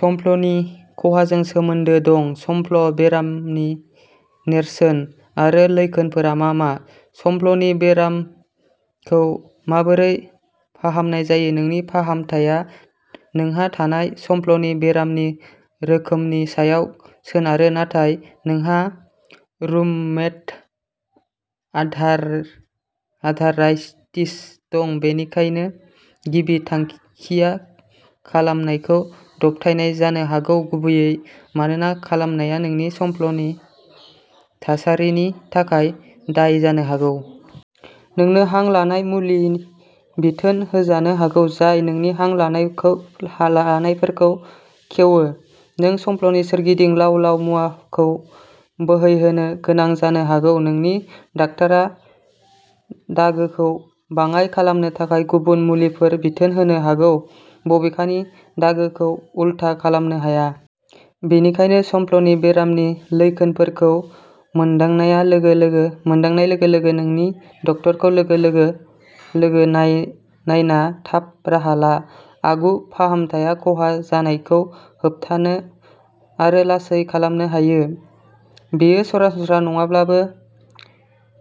संफ्लनि खहाजों सोमोन्दो दं। संफ्ल बेरामनि नेरसोन आरो लैखोनफोरा मा मा? संफ्लनि बेरामखौ माबोरै फाहामनाय जायो? नोंनि फाहामथाया नोंहा थानाय संफ्लनि बेरामनि रोखोमनि सायाव सोनारो। नाथाय नोंहा रुमेटइड आर्थराइटिस दं, बेनिखायनो गिबि थांखिया खामनायखौ दबथायनाय जानो हागौ, गुबैयै मानोना खामनाया नोंनि संफ्लनि थासारिनि थाखाय दाय जानो हागौ। नोंनो हां लानाय मुलि बिथोन होजानो हागौ जाय नोंनि हां लामाफोरखौ खेवो। नों संफ्लनि सोरगिदिं लाव-लाव मुवाखौ बोहैहोनो गोनां जानो हागौ। नोंनि डाक्टारआ दागोखौ बाङाय खालामनो थाखाय गुबुन मुलिफोर बिथोन होनो हागौ। बबेखानि, दागोखौ उलथा खालामनो हाया। बेनिखायनो संफ्लनि बेरामनि लैखोनफोरखौ मोनदांनाय लोगो-लोगो नोंनि डक्टरखौ लोगो-लोगो लोगो नायना थाब राहा ला। आगु फाहामथाया खहा जानायखौ होबथानो आरो लासै खालामनो हायो। बेयो सरासनस्रा नङाब्लाबो,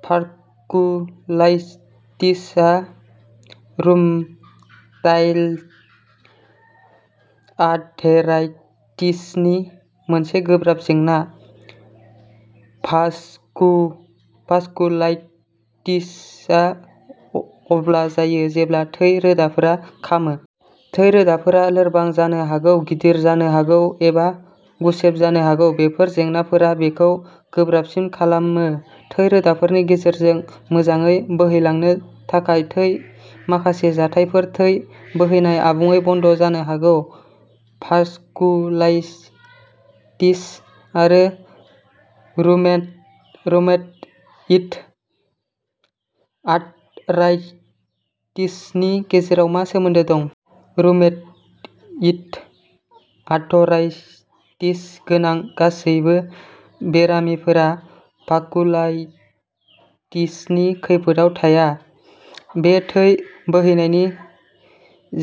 भास्कुलाइटिसआ रुमेटाइड आर्थराइटिसनि मोनसे गोब्राब जेंना। भास्कुलाइटिसआ अब्ला जायो जेब्ला थै रोदाफोरा खामो। थै रोदाफोरा लोरबां जानो हागौ, गिदिर जानो हागौ एबा गुसेब जानो हागौ। बेफोर जेंनाफोरा बेखौ गोब्राबसिन खालामो। थै रोदाफोरनि गेजेरजों मोजाङै बोहैलांनो थाखाय थै। माखासे जाथायफोराव, थै बोहैनाया आबुङै बन्द जानो हागौ। भास्कुलाइटिस आरो रुमेटइड आर्थराइटिसनि गेजेराव मा सोमोन्दो दं? रुमेटइड आर्थराइटिस गोनां गासैबो बेरामिफोरा भास्कुलाइटिसनि खैफोदआव थाया। बे थै बोहैनायनि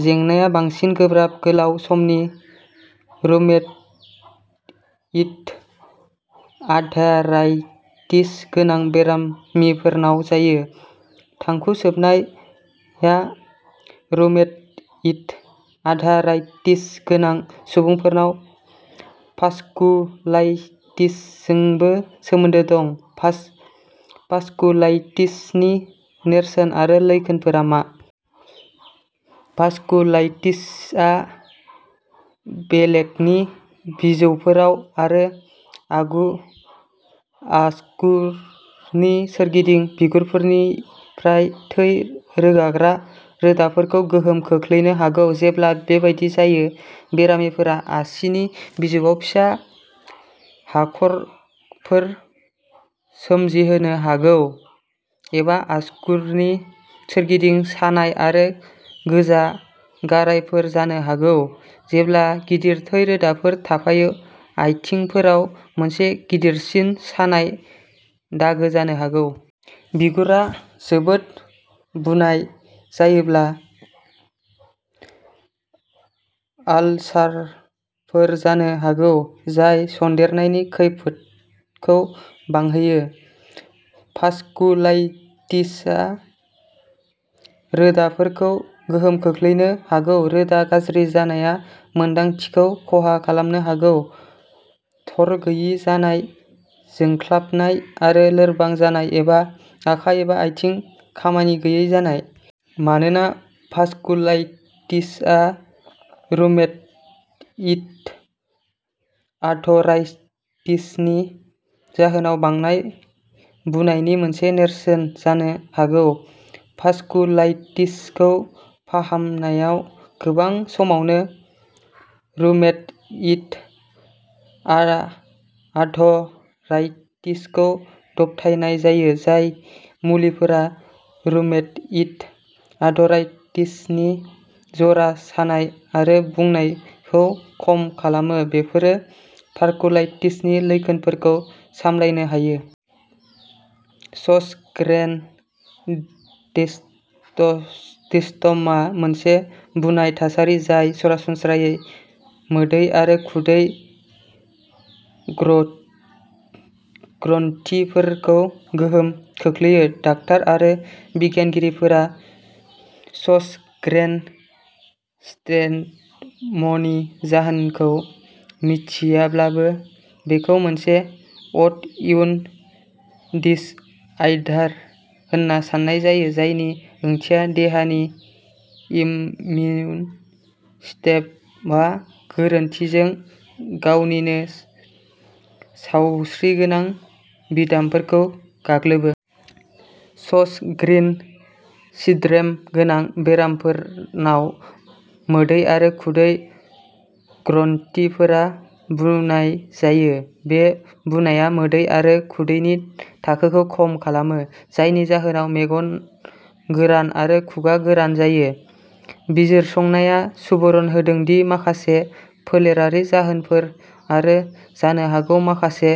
जेंनाया बांसिनै गोब्राब गोलाव समनि रुमेटइड आर्थराइटिस गोनां बेरामिफोरनाव जायो। थांखु सोबनाया रुमेटइड आर्थराइटिस गोनां सुबुंफोरनाव भास्कुलाइटिसजोंबो सोमोन्दो दं। भास्कुलाइटिसनि नेरसोन आरो लैखोनफोरा मा? भास्कुलाइटिसआ बेगेंनि बिजौफोराव आरो आसुगुरनि सोरगिदिं बिगुरनिफ्राय थै रोगाग्रा रोदाफोरखौ गोहोम खोख्लैनो हागौ। जेब्ला बेबादि जायो, बेरामिफोरा आसिनि बिजौआव फिसा हाखरफोर सोमजिहोनो हागौ, एबा आसुगुरनि सोरगिदिं सानाय आरो गोजा गारायफोर जानो हागौ। जेब्ला गिदिर थै रोदाफोर थाफायो, आथिंफोराव मोनसे गिदिरसिन सानाय दागो जानो हागौ। बिगुरा जोबोद बुनाय जायोब्ला, आलसारफोर जानो हागौ, जाय सन्देरनायनि खैफोदखौ बांहोयो। भास्कुलाइटिसआ रोदाफोरखौबो गोहोम खोख्लैनो हागौ। रोदा गाज्रि जानाया मोनदांथिखौ खहा खालामनो हागौ, थरगैयि जानाय, जोंख्लाबनाय आरो लोरबां जानाय एबा आखाइ एबा आथिंनि खामानि गैयै जानाय। मानोना भास्कुलाइटिसआ रुमेटइड आर्थराइटिसनि जाहोनाव बांनाय बुनायनि मोनसे नेरसोन जानो हागौ, भास्कुलाइटिसखौ फाहामनायाव गोबां समावनो रुमेटइड आर्थराइटिसखौ दबथायनाय जायो। जाय मुलिफोरा रुमेटइड आर्थराइटिसनि जरा सानाय आरो बुनायखौ खम खालामो, बेफोरो भास्कुलाइटिसनि लैखोनफोरखौबो सामलायनो हायो। सज'ग्रेन सिन्ड्रमआ मोनसे बुनाय थासारि जाय सरासनस्रायै मोदै आरो खुदै ग्रन्थिफोरखौ गोहोम खोख्लैयो। डाक्टार आरो बिगियानगिरिफोरा सज'ग्रेन सिन्ड्रमनि जाहोनखौ मिथियाब्लाबो, बेखौ मोनसे अट'इम्युन डिसअर्डार होन्ना सान्नाय जायो, जायनि ओंथिया देहानि इमिउन सिस्टेमआ गोरोन्थिजों गावनिनो सावस्रिगोनां बिदामफोरखौ गाग्लोबो। सज'ग्रेन सिन्ड्रम गोनां बेरामिफोरनाव, मोदै आरो खुदै ग्रन्थिफोरा बुनाय जायो। बे बुनायआ मोदै आरो खुदैनि थाखोखौ खम खालामो, जायनि जाहोनाव मेगन गोरान आरो खुगा गोरान जायो। बिजिरसंनाया सुबुरुन होदों दि माखासे फोलेरारि जाहोनफोर आरो जानो हागौ माखासे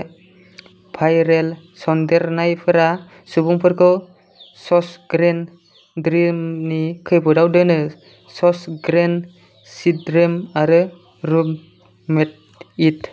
भाइरेल सन्देरनायफोरा सुबुंफोरखौ सज'ग्रेन सिन्ड्रमनि खैफोदआव दोनो। सज'ग्रेन सिन्ड्रोम आरो रुमेटइड